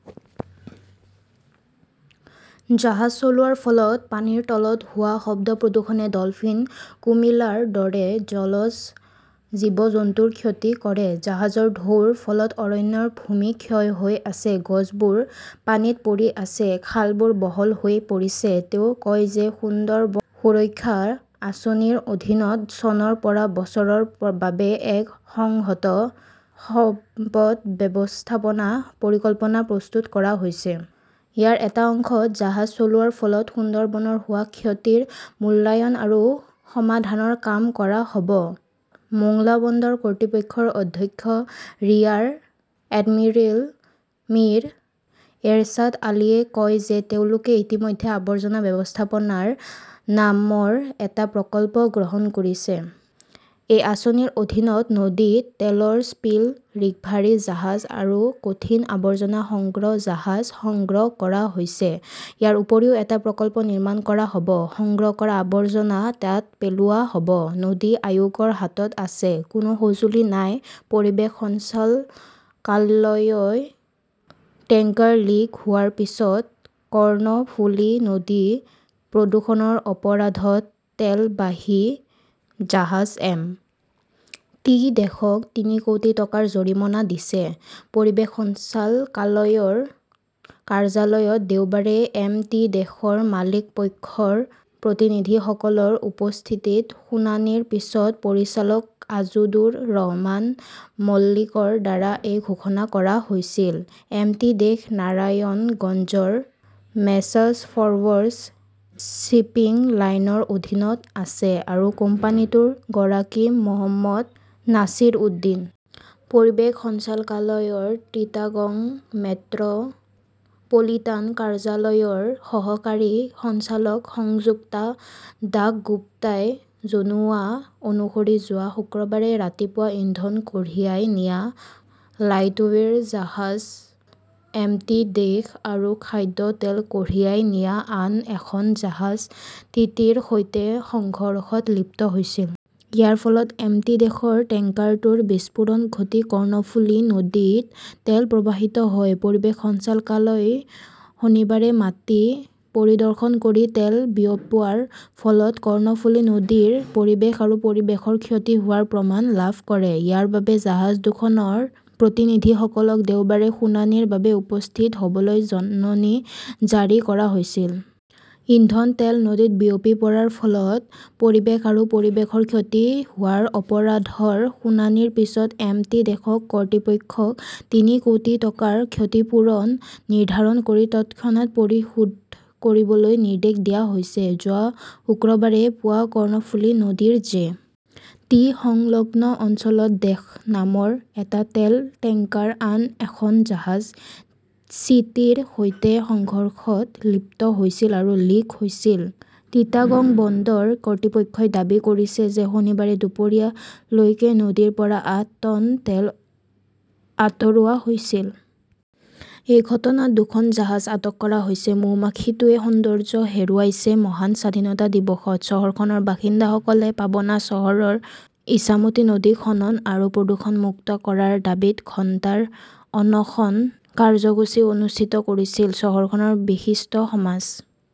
জাহাজ চলোৱাৰ ফলত পানীৰ তলত হোৱা শব্দ প্ৰদূষণে ডলফিন, কুমিলাৰ দৰে জলজ জীৱ-জন্তুৰ ক্ষতি কৰে। জাহাজৰ ঢৌৰ ফলত অৰণ্যৰ ভূমি ক্ষয় হৈ আছে। গছবোৰ পানীত পৰি আছে। খালবোৰ বহল হৈ পৰিছে। তেওঁ কয় যে সুন্দৰবন সুৰক্ষা আঁচনিৰ অধীনত চনৰ পৰা বছৰৰ বাবে এক সংহত সম্পদ ব্যৱস্থাপনা পৰিকল্পনা প্ৰস্তুত কৰা হৈছে। ইয়াৰ এটা অংশত জাহাজ চলাচলৰ ফলত সুন্দৰবনৰ হোৱা ক্ষতিৰ মূল্যায়ন আৰু সমাধানৰ কাম কৰা হ’ব। মোংলা বন্দৰ কৰ্তৃপক্ষৰ অধ্যক্ষ ৰিয়াৰ এডমিৰেল মিৰ এৰশ্বাদ আলীয়ে কয় যে তেওঁলোকে ইতিমধ্যে আৱৰ্জনা ব্যৱস্থাপনা নামৰ এটা প্ৰকল্প গ্ৰহণ কৰিছে। এই আঁচনিৰ অধীনত নদীত তেলৰ স্পিল ৰিক্ভাৰী জাহাজ আৰু কঠিন আৱৰ্জনা সংগ্ৰহ জাহাজ সংগ্ৰহ কৰা হৈছে। ইয়াৰ উপৰিও এটা প্ৰকল্প নিৰ্মাণ কৰা হ’ব, সংগ্ৰহ কৰা আৱৰ্জনা তাত পেলোৱা হ’ব। নদী আয়োগৰ হাতত আছে, কোনো সঁজুলি নাই পৰিৱেশ সঞ্চালকালয়ই টেংকাৰ লিক হোৱাৰ পিছত কৰ্ণফুলি নদী প্ৰদূষণৰ অপৰাধত তেলবাহী জাহাজ এম. টি. দেশক তিনি কোটি টকাৰ জৰিমনা দিছে। পৰিৱেশ সঞ্চালকালয়ৰ কাৰ্যালয়ত দেওবাৰে এম. টি. দেশ ৰ মালিক পক্ষৰ প্ৰতিনিধিসকলৰ উপস্থিতিত শুনানিৰ পিছত পৰিচালক আজাদুৰ ৰহমান মল্লিকৰ দ্বাৰা এই ঘোষণা কৰা হৈছিল। এম. টি. দেশ নাৰায়ণগঞ্জৰ মেছাৰ্ছ ফৰৱাৰ্ছ শ্বিপিং লাইনৰ অধীনত আছে আৰু কোম্পানীটোৰ গৰাকী মহম্মদ নাছিৰ উদ্দীন। পৰিৱেশ সঞ্চালকালয়ৰ চিটাগং মেট্ৰ 'পলিটান কাৰ্যালয়ৰ সহকাৰী সঞ্চালক সংযুক্তা দাসগুপ্তাই জনোৱা অনুসৰি যোৱা শুক্ৰবাৰে ৰাতিপুৱা ইন্ধন কঢ়িয়াই নিয়া লাইটৱেৰ জাহাজ এমটি দেশ আৰু খাদ্য তেল কঢ়িয়াই নিয়া আন এখন জাহাজ চিটি ৰ সৈতে সংঘৰ্ষত লিপ্ত হৈছিল। ইয়াৰ ফলত এম. টি. দেশৰ টেংকাৰটোৰ বিস্ফোৰণ ঘটি কৰ্ণফুলী নদীত তেল প্ৰবাহিত হয়। পৰিৱেশ সঞ্চালকালয়ই শনিবাৰে মাটি পৰিদৰ্শন কৰি তেল বিয়পোৱাৰ ফলত কৰ্ণফুলি নদীৰ পৰিৱেশ আৰু পৰিৱেশৰ ক্ষতি হোৱাৰ প্ৰমাণ লাভ কৰে। ইয়াৰ বাবে জাহাজ দুখনৰ প্ৰতিনিধিসকলক দেওবাৰে শুনানিৰ বাবে উপস্থিত হ’বলৈ জাননী জাৰি কৰা হৈছিল। ইন্ধন তেল নদীত বিয়পি পৰাৰ ফলত পৰিৱেশ আৰু পৰিৱেশৰ ক্ষতি হোৱাৰ অপৰাধৰ শুনানিৰ পিছত এম. টি. দেশক কৰ্তৃপক্ষক তিনি কোটি টকাৰ ক্ষতিপূৰণ নিৰ্ধাৰণ কৰি তৎক্ষণাত পৰিশোধ কৰিবলৈ নিৰ্দেশ দিয়া হৈছে। যোৱা শুক্ৰবাৰে পুৱা কৰ্ণফুলি নদীৰ জে. টি. সংলগ্ন অঞ্চলত দেশ নামৰ এটা তেল টেংকাৰ আন এখন জাহাজ' চি. টি. ৰ সৈতে সংঘৰ্ষত লিপ্ত হৈছিল আৰু লিক হৈছিল। চিটাগং বন্দৰ কৰ্তৃপক্ষই দাবী কৰিছে যে শনিবাৰে দুপৰীয়া লৈকে নদীৰ পৰা আঠ টন তেল আঁতৰোৱা হৈছিল। এই ঘটনাত দুখন জাহাজ আটক কৰা হৈছে। মৌমাখিটোৱে সৌন্দৰ্য্য হেৰুৱাইছে মহান স্বাধীনতা দিৱসত, চহৰখনৰ বাসিন্দাসকলে পাবনা চহৰৰ ইছামতি নদী খনন আৰু প্ৰদূষণমুক্ত কৰাৰ দাবীত ঘণ্টাৰ অনশন কাৰ্যসূচী অনুষ্ঠিত কৰিছিল। চহৰখনৰ বিশিষ্ট সমাজ